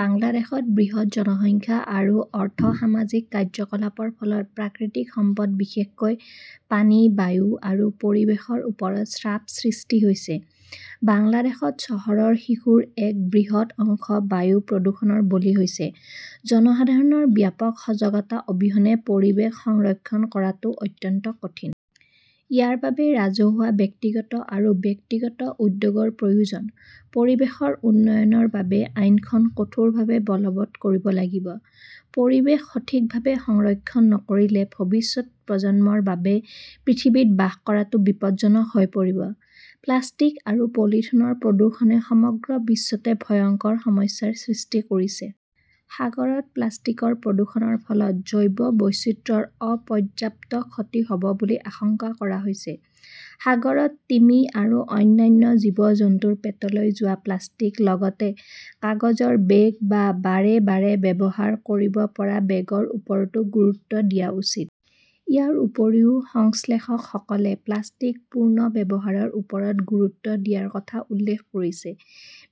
বাংলাদেশত বৃহৎ জনসংখ্যা আৰু অৰ্থ সামাজিক কাৰ্যকলাপৰ ফলত প্ৰাকৃতিক সম্পদ বিশেষকৈ পানী, বায়ু আৰু পৰিৱেশৰ ওপৰত চাপ সৃষ্টি হৈছে। বাংলাদেশত চহৰৰ শিশুৰ এক বৃহৎ অংশ বায়ু প্ৰদূষণৰ বলি হৈছে। জনসাধাৰণৰ ব্যাপক সজাগতা অবিহনে পৰিৱেশ সংৰক্ষণ কৰাটো অত্যন্ত কঠিন। ইয়াৰ বাবে ৰাজহুৱা-ব্যক্তিগত আৰু ব্যক্তিগত উদ্যোগৰ প্ৰয়োজন। পৰিৱেশৰ উন্নয়নৰ বাবে আইনখন কঠোৰভাৱে বলৱৎ কৰিব লাগিব। পৰিৱেশ সঠিকভাৱে সংৰক্ষণ নকৰিলে ভৱিষ্যতৰ প্ৰজন্মৰ বাবে পৃথিৱীত বাস কৰাটো বিপদজনক হৈ পৰিব। প্লাষ্টিক আৰু পলিথিনৰ প্ৰদূষণে সমগ্ৰ বিশ্বতে ভয়ংকৰ সমস্যাৰ সৃষ্টি কৰিছে। সাগৰত প্লাষ্টিকৰ প্ৰদূষণৰ ফলত জৈৱ বৈচিত্ৰ্যৰ অপৰ্যাপ্ত ক্ষতি হ'ব বুলি আশংকা কৰা হৈছে। সাগৰত তিমি আৰু অন্যান্য জীৱ-জন্তুৰ পেটলৈ যোৱা প্লাষ্টিক লগতে কাগজৰ বেগ বা বাৰে বাৰে ব্যৱহাৰ কৰিব পৰা বেগৰ ওপৰতো গুৰুত্ব দিয়া উচিত। ইয়াৰ উপৰিও সংশ্লেষকসকলে প্লাষ্টিক পুনৰ্ব্যৱহাৰৰ ওপৰত গুৰুত্ব দিয়াৰ কথা উল্লেখ কৰিছে।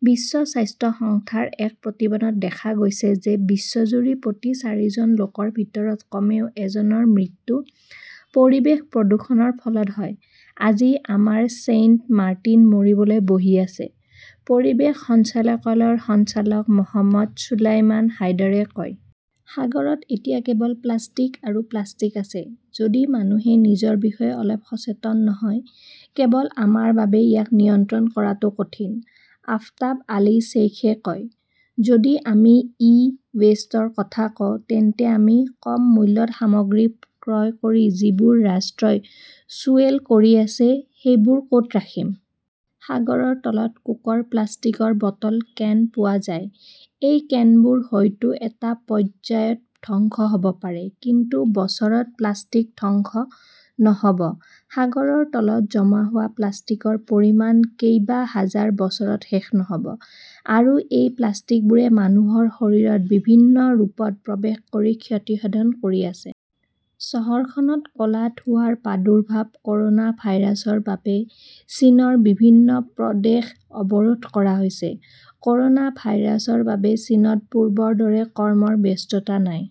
বিশ্ব স্বাস্থ্য সংস্থাৰ এক প্ৰতিবেদনত দেখা গৈছে যে, বিশ্বজুৰি প্ৰতি চাৰিজন লোকৰ ভিতৰত কমেও এজনৰ মৃত্যু পৰিৱেশ প্ৰদূষণৰ ফলত হয়। আজি আমাৰ ছেইণ্ট মাৰ্টিন মৰিবলৈ বহি আছে, পৰিৱেশ সঞ্চালকালয়ৰ সঞ্চালক মহম্মদ চুলাইমান হাইদাৰে কয়। সাগৰত এতিয়া কেৱল প্লাষ্টিক আৰু প্লাষ্টিক আছে। যদি মানুহে নিজৰ বিষয়ে অলপ সচেতন নহয়, কেৱল আমাৰ বাবে ইয়াক নিয়ন্ত্ৰণ কৰাটো কঠিন। আফতাব আলী শ্বেইখে কয়, যদি আমি ই ৱেষ্টৰ কথা কওঁ, তেন্তে আমি কম মূল্যত সামগ্ৰী ক্ৰয় কৰি যিবোৰ ৰাষ্ট্ৰই চুৱেল কৰি আছে সেইবোৰ ক'ত ৰাখিম? সাগৰৰ তলত কোকৰ প্লাষ্টিকৰ বটল, কেন পোৱা যায়। এই কেনবোৰ হয়তো এটা পৰ্যায়ত ধ্বংস হ'ব পাৰে, কিন্তু বছৰত প্লাষ্টিক ধ্বংস নহ'ব। সাগৰৰ তলত জমা হোৱা প্লাষ্টিকৰ পৰিমাণ কেইবাহাজাৰ বছৰত শেষ নহ'ব। আৰু এই প্লাষ্টিকবোৰে মানুহৰ শৰীৰত বিভিন্ন ৰূপত প্ৰৱেশ কৰি ক্ষতিসাধন কৰি আছে। চহৰখনত ক 'লা ধোঁৱাৰ প্ৰাদুৰ্ভাৱ ক'ৰোনা ভাইৰাছৰ বাবে চীনৰ বিভিন্ন প্ৰদেশ অৱৰোধ কৰা হৈছে। ক'ৰোনা ভাইৰাছৰ বাবে চীনত পূৰ্বৰ দৰে কৰ্মৰ ব্যস্ততা নাই।